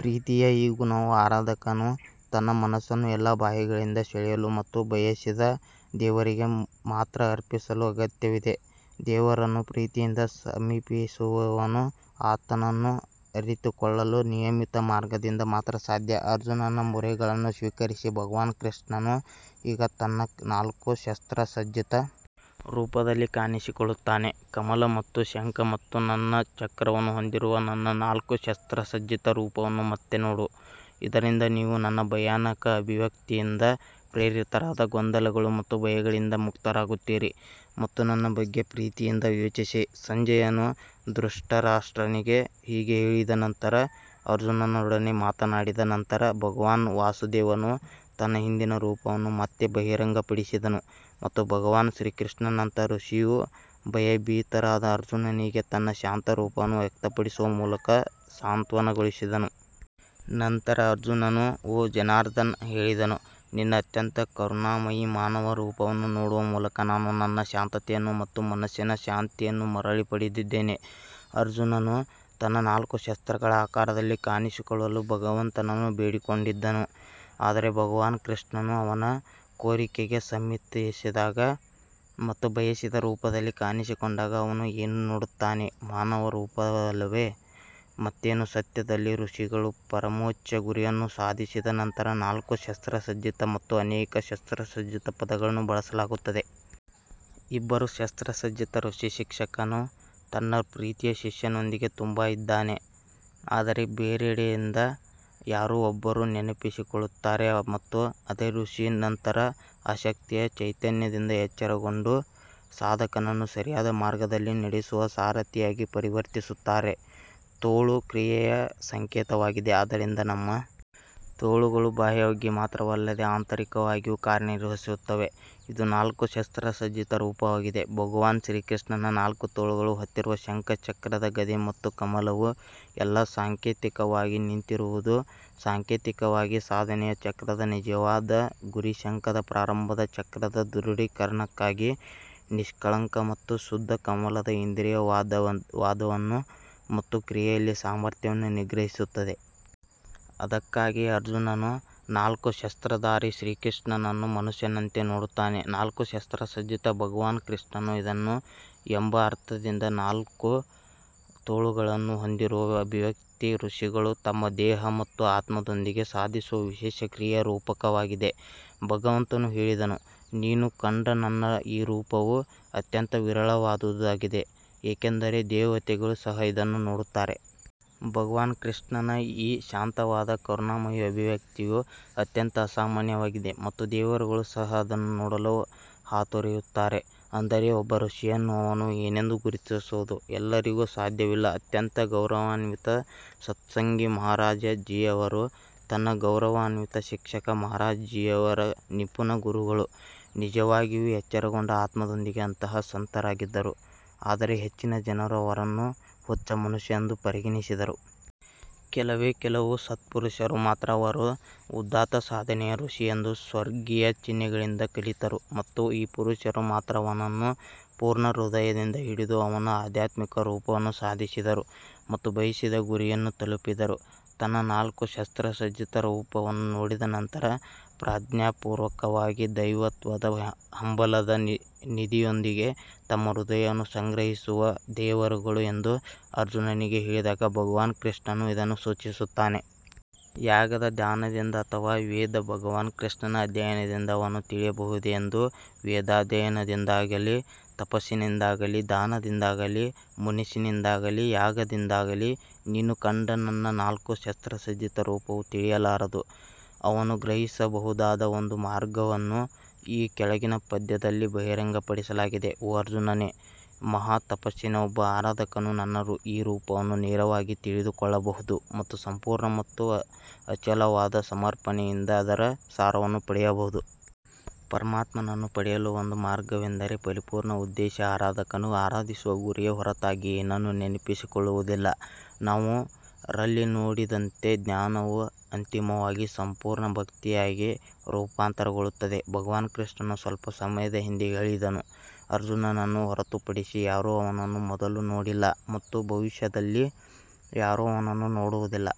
ಪ್ರೀತಿಯ ಈ ಗುಣವು ಆರಾಧಕನು ತನ್ನ ಮನಸ್ಸನ್ನು ಎಲ್ಲಾ ಬಾಹ್ಯಗಳಿಂದ ಸೆಳೆಯಲು ಮತ್ತು ಬಯಸಿದ ದೇವರಿಗೆ ಮಾತ್ರ ಅರ್ಪಿಸಲು ಅಗತ್ಯವಿದೆ ದೇವರನ್ನು ಪ್ರೀತಿಯಿಂದ ಸಮೀಪಿಸುವವನು ಆತನನ್ನು ಅರಿತುಕೊಳ್ಳಲು ನಿಯಮಿತ ಮಾರ್ಗದಿಂದ ಮಾತ್ರ ಸಾಧ್ಯ ಅರ್ಜುನನ ಮೊರೆಗಳನ್ನು ಸ್ವೀಕರಿಸಿ ಭಗವಾನ್ ಕೃಷ್ಣನು ಈಗ ತನ್ನ ನಾಲ್ಕು ಶಸ್ತ್ರಸಜ್ಜಿತ ರೂಪದಲ್ಲಿ ಕಾಣಿಸಿಕೊಳ್ಳುತ್ತಾನೆ ಕಮಲ ಮತ್ತು ಶಂಖ ಮತ್ತು ನನ್ನ ಚಕ್ರವನ್ನು ಹೊಂದಿರುವ ನನ್ನ ನಾಲ್ಕು ಶಸ್ತ್ರಸಜ್ಜಿತ ರೂಪವನ್ನು ಮತ್ತೆ ನೋಡು, ಇದರಿಂದ ನೀವು ನನ್ನ ಭಯಾನಕ ಅಭಿವ್ಯಕ್ತಿಯಿಂದ ಪ್ರೇರಿತರಾದ ಗೊಂದಲಗಳು ಮತ್ತು ಭಯಗಳಿಂದ ಮುಕ್ತರಾಗುತ್ತೀರಿ ಮತ್ತು ನನ್ನ ಬಗ್ಗೆ ಪ್ರೀತಿಯಿಂದ ಯೋಚಿಸಿ ಸಂಜಯನು ಧೃತರಾಷ್ಟ್ರನಿಗೆ ಹೀಗೆ ಹೇಳಿದ ನಂತರ ಅರ್ಜುನನೊಡನೆ ಮಾತನಾಡಿದ ನಂತರ ಭಗವಾನ್ ವಾಸುದೇವನು ತನ್ನ ಹಿಂದಿನ ರೂಪವನ್ನು ಮತ್ತೆ ಬಹಿರಂಗಪಡಿಸಿದನು ಮತ್ತು ಭಗವಾನ್ ಶ್ರೀಕೃಷ್ಣನಂತಹ ಋಷಿಯು ಭಯಭೀತರಾದ ಅರ್ಜುನನಿಗೆ ತನ್ನ ಶಾಂತ ರೂಪವನ್ನು ವ್ಯಕ್ತಪಡಿಸುವ ಮೂಲಕ ಸಾಂತ್ವನಗೊಳಿಸಿದನು. ನಂತರ ಅರ್ಜುನನು ಓ ಜನಾರ್ದನ್ ಹೇಳಿದನು, ನಿನ್ನ ಅತ್ಯಂತ ಕರುಣಾಮಯಿ ಮಾನವ ರೂಪವನ್ನು ನೋಡುವ ಮೂಲಕ ನಾನು ನನ್ನ ಶಾಂತತೆಯನ್ನು ಮತ್ತು ಮನಸ್ಸಿನ ಶಾಂತಿಯನ್ನು ಮರಳಿ ಪಡೆದಿದ್ದೇನೆ. ಅರ್ಜುನನು ತನ್ನ ನಾಲ್ಕು ಶಸ್ತ್ರಗಳ ಆಕಾರದಲ್ಲಿ ಕಾಣಿಸಿಕೊಳ್ಳಲು ಭಗವಂತನನ್ನು ಬೇಡಿಕೊಂಡಿದ್ದನು ಆದರೆ ಭಗವಾನ್ ಕೃಷ್ಣನು ಅವನ ಕೋರಿಕೆಗೆ ಸಮ್ಮತಿಸಿದಾಗ ಮತ್ತು ಬಯಸಿದ ರೂಪದಲ್ಲಿ ಕಾಣಿಸಿಕೊಂಡಾಗ ಅವನು ಏನು ನೋಡುತ್ತಾನೆ ಮಾನವ ರೂಪವಲ್ಲದೆ ಮತ್ತೇನು ಸತ್ಯದಲ್ಲಿ ಋಷಿಗಳು ಪರಮೋಚ್ಚ ಗುರಿಯನ್ನು ಸಾಧಿಸಿದ ನಂತರ ನಾಲ್ಕು ಶಸ್ತ್ರಸಜ್ಜಿತ ಮತ್ತು ಅನೇಕ ಶಸ್ತ್ರಸಜ್ಜಿತ ಪದಗಳನ್ನು ಬಳಸಲಾಗುತ್ತದೆ. ಇಬ್ಬರು ಶಸ್ತ್ರಸಜ್ಜಿತ ಋಷಿ ಶಿಕ್ಷಕನು ತನ್ನ ಪ್ರೀತಿಯ ಶಿಷ್ಯನೊಂದಿಗೆ ತುಂಬಾ ಇದ್ದಾನೆ ಆದರೆ ಬೇರೆಡೆಯಿಂದ ಯಾರೋ ಒಬ್ಬರು ನೆನಪಿಸಿಕೊಳ್ಳುತ್ತಾರೆ ಮತ್ತು ಅದೇ ಋಷಿ ನಂತರ ಆ ಶಕ್ತಿಯ ಚೈತನ್ಯದಿಂದ ಎಚ್ಚರಗೊಂಡು ಸಾಧಕನನ್ನು ಸರಿಯಾದ ಮಾರ್ಗದಲ್ಲಿ ನಡೆಸುವ ಸಾರಥಿಯಾಗಿ ಪರಿವರ್ತಿಸುತ್ತಾರೆ. ತೋಳು ಕ್ರಿಯೆಯ ಸಂಕೇತವಾಗಿದೆ ಆದ್ದರಿಂದ ನಮ್ಮ ತೋಳುಗಳು ಬಾಹ್ಯವಾಗಿ ಮಾತ್ರವಲ್ಲದೆ ಆಂತರಿಕವಾಗಿಯೂ ಕಾರ್ಯನಿರ್ವಹಿಸುತ್ತವೆ ಇದು ನಾಲ್ಕು ಶಸ್ತ್ರಸಜ್ಜಿತ ರೂಪವಾಗಿದೆ ಭಗವಾನ್ ಶ್ರೀಕೃಷ್ಣನ ನಾಲ್ಕು ತೋಳುಗಳು ಹೊತ್ತಿರುವ ಶಂಖ ಚಕ್ರದ ಗದೆ ಮತ್ತು ಕಮಲವು ಎಲ್ಲಾ ಸಾಂಕೇತಿಕವಾಗಿ ನಿಂತಿರುವುದು ಸಾಂಕೇತಿಕವಾಗಿ, ಸಾಧನೆಯ ಚಕ್ರದ ನಿಜವಾದ ಗುರಿ ಶಂಖದ ಪ್ರಾರಂಭದ ಚಕ್ರದ ದೃಢೀಕರಣಕ್ಕಾಗಿ ನಿಷ್ಕಳಂಕ ಮತ್ತು ಶುದ್ಧ ಕಮಲದ ಇಂದ್ರಿಯ ವಾದವನ್ನು ಮತ್ತು ಕ್ರಿಯೆಯಲ್ಲಿ ಸಾಮರ್ಥ್ಯವನ್ನು ನಿಗ್ರಹಿಸುತ್ತದೆ. ಅದಕ್ಕಾಗಿಯೇ ಅರ್ಜುನನು ನಾಲ್ಕು ಶಸ್ತ್ರಧಾರಿ ಶ್ರೀಕೃಷ್ಣನನ್ನು ಮನುಷ್ಯನಂತೆ ನೋಡುತ್ತಾನೆ ನಾಲ್ಕು ಶಸ್ತ್ರಸಜ್ಜಿತ ಭಗವಾನ್ ಕೃಷ್ಣನು ಇದ್ದನು ಎಂಬ ಅರ್ಥಕ್ಕಿಂತ ನಾಲ್ಕು ತೋಳುಗಳನ್ನು ಹೊಂದಿರುವ ಅಭಿವ್ಯಕ್ತಿ ಋಷಿಗಳು ತಮ್ಮ ದೇಹ ಮತ್ತು ಆತ್ಮದೊಂದಿಗೆ ಸಾಧಿಸುವ ವಿಶೇಷ ಕ್ರಿಯೆಯ ರೂಪಕವಾಗಿದೆ. ಭಗವಂತನು ಹೇಳಿದನು ನೀನು ಕಂಡ ನನ್ನ ಈ ರೂಪವು ಅತ್ಯಂತ ವಿರಳವಾದುದಾಗಿದೆ ಏಕೆಂದರೆ ದೇವತೆಗಳೂ ಸಹ ಇದನ್ನು ನೋಡುತ್ತಾರೆ. ಭಗವಾನ್ ಕೃಷ್ಣನ ಈ ಶಾಂತವಾದ ಕರುಣಾಮಯಿ ಅಭಿವ್ಯಕ್ತಿಯು ಅತ್ಯಂತ ಅಸಾಮಾನ್ಯವಾಗಿದೆ ಮತ್ತು ದೇವರುಗಳು ಸಹ ಅದನ್ನು ನೋಡಲು ಹಾತೊರೆಯುತ್ತಾರೆ ಅಂದರೆ ಒಬ್ಬ ಋಷಿಯನ್ನು ಅವನು ಏನೆಂದು ಗುರುತಿಸುವುದು ಎಲ್ಲರಿಗೂ ಸಾಧ್ಯವಿಲ್ಲ ಅತ್ಯಂತ ಗೌರವಾನ್ವಿತ ಸತ್ಸಂಗಿ ಮಹಾರಾಜ್ ಜೀ ಅವರು ನನ್ನ ಗೌರವಾನ್ವಿತ ಶಿಕ್ಷಕ ಮಹಾರಾಜ್ ಜಿಯವರ ನಿಪುಣ ಗುರುಗಳು ನಿಜವಾಗಿಯೂ ಎಚ್ಚರಗೊಂಡ ಆತ್ಮದೊಂದಿಗೆ ಅಂತಹ ಸಂತರಾಗಿದ್ದರು ಆದರೆ ಹೆಚ್ಚಿನ ಜನರು ಅವರನ್ನು ಹುಚ್ಚು ಮನುಷ್ಯ ಎಂದು ಪರಿಗಣಿಸಿದರು. ಕೆಲವೇ ಕೆಲವು ಸತ್ಪುರುಷರು ಮಾತ್ರ ಅವರು ಉದಾತ್ತ ಸಾಧನೆಯ ಋಷಿ ಎಂದು ಸ್ವರ್ಗೀಯ ಚಿಹ್ನೆಗಳಿಂದ ಕಲಿತರು ಮತ್ತು ಈ ಪುರುಷರು ಮಾತ್ರ ಅವನನ್ನು ಪೂರ್ಣ ಹೃದಯದಿಂದ ಹಿಡಿದು ಅವನ ಆಧ್ಯಾತ್ಮಿಕ ರೂಪವನ್ನು ಸಾಧಿಸಿದರು ಮತ್ತು ಬಯಸಿದ ಗುರಿಯನ್ನು ತಲುಪಿದರು. ತನ್ನ ನಾಲ್ಕು ಶಸ್ತ್ರಸಜ್ಜಿತ ರೂಪವನ್ನು ನೋಡಿದ ನಂತರ ಪ್ರಜ್ಞಾಪೂರ್ವಕವಾಗಿ ದೈವತ್ವದ ಹಂಬಲದ ನಿಧಿಯೊಂದಿಗೆ ತಮ್ಮ ಹೃದಯವನ್ನು ಸಂಗ್ರಹಿಸಿರುವ ದೇವರುಗಳು ಎಂದು ಅರ್ಜುನನಿಗೆ ಹೇಳಿದಾಗ ಭಗವಾನ್ ಕೃಷ್ಣನು ಇದನ್ನು ಸೂಚಿಸುತ್ತಾನೆ. ಯಾಗದ ದಾನದಿಂದ ಅಥವಾ ವೇದ ಭಗವಾನ್ ಕೃಷ್ಣನ ಅಧ್ಯಯನದಿಂದ ಅವನು ತಿಳಿಯಬಹುದೇ ಎಂದು ವೇದಾಧ್ಯಯನದಿಂದಾಗಲಿ, ತಪಸ್ಸಿನಿಂದಾಗಲಿ, ದಾನದಿಂದಾಗಲಿ, ಮುನಿಸಿನಿಂದಾಗಲಿ, ಯಾಗದಿಂದಾಗಲಿ, ನೀನು ಕಂಡ ನನ್ನ ನಾಲ್ಕು ಶಸ್ತ್ರಸಜ್ಜಿತ ರೂಪವು ತಿಳಿಯಲಾರದು. ಅವನು ಗ್ರಹಿಸಬಹುದಾದ ಒಂದು ಮಾರ್ಗವನ್ನು ಈ ಕೆಳಗಿನ ಪದ್ಯದಲ್ಲಿ ಬಹಿರಂಗಪಡಿಸಲಾಗಿದೆ ಓ ಅರ್ಜುನನೇ, ಮಹಾ ತಪಸ್ಸಿನ ಒಬ್ಬ ಆರಾಧಕನು ನನ್ನ ಈ ರೂಪವನ್ನು ನೇರವಾಗಿ ತಿಳಿದುಕೊಳ್ಳಬಹುದು ಮತ್ತು ಸಂಪೂರ್ಣ ಮತ್ತು ಅಚಲವಾದ ಸಮರ್ಪಣೆಯಿಂದ ಅದರ ಸಾರವನ್ನು ಪಡೆಯಬಹುದು. ಪರಮಾತ್ಮನನ್ನು ಪಡೆಯಲು ಒಂದು ಮಾರ್ಗವೆಂದರೆ ಪರಿಪೂರ್ಣ ಉದ್ದೇಶ, ಆರಾಧಕನು ಆರಾಧಿಸುವ ಗುರಿಯ ಹೊರತಾಗಿ ಏನನ್ನೂ ನೆನಪಿಸಿಕೊಳ್ಳುವುದಿಲ್ಲ ನಾವು ರಲ್ಲಿ ನೋಡಿದಂತೆ ಜ್ಞಾನವೂ ಅಂತಿಮವಾಗಿ ಸಂಪೂರ್ಣ ಭಕ್ತಿಯಾಗಿ ರೂಪಾಂತರಗೊಳ್ಳುತ್ತದೆ ಭಗವಾನ್ ಕೃಷ್ಣನು ಸ್ವಲ್ಪ ಸಮಯದ ಹಿಂದೆ ಹೇಳಿದನು, ಅರ್ಜುನನನ್ನು ಹೊರತುಪಡಿಸಿ ಯಾರೂ ಅವನನ್ನು ಮೊದಲು ನೋಡಿಲ್ಲ ಮತ್ತು ಭವಿಷ್ಯದಲ್ಲಿ ಯಾರೂ ಅವನನ್ನು ನೋಡುವುದಿಲ್ಲ.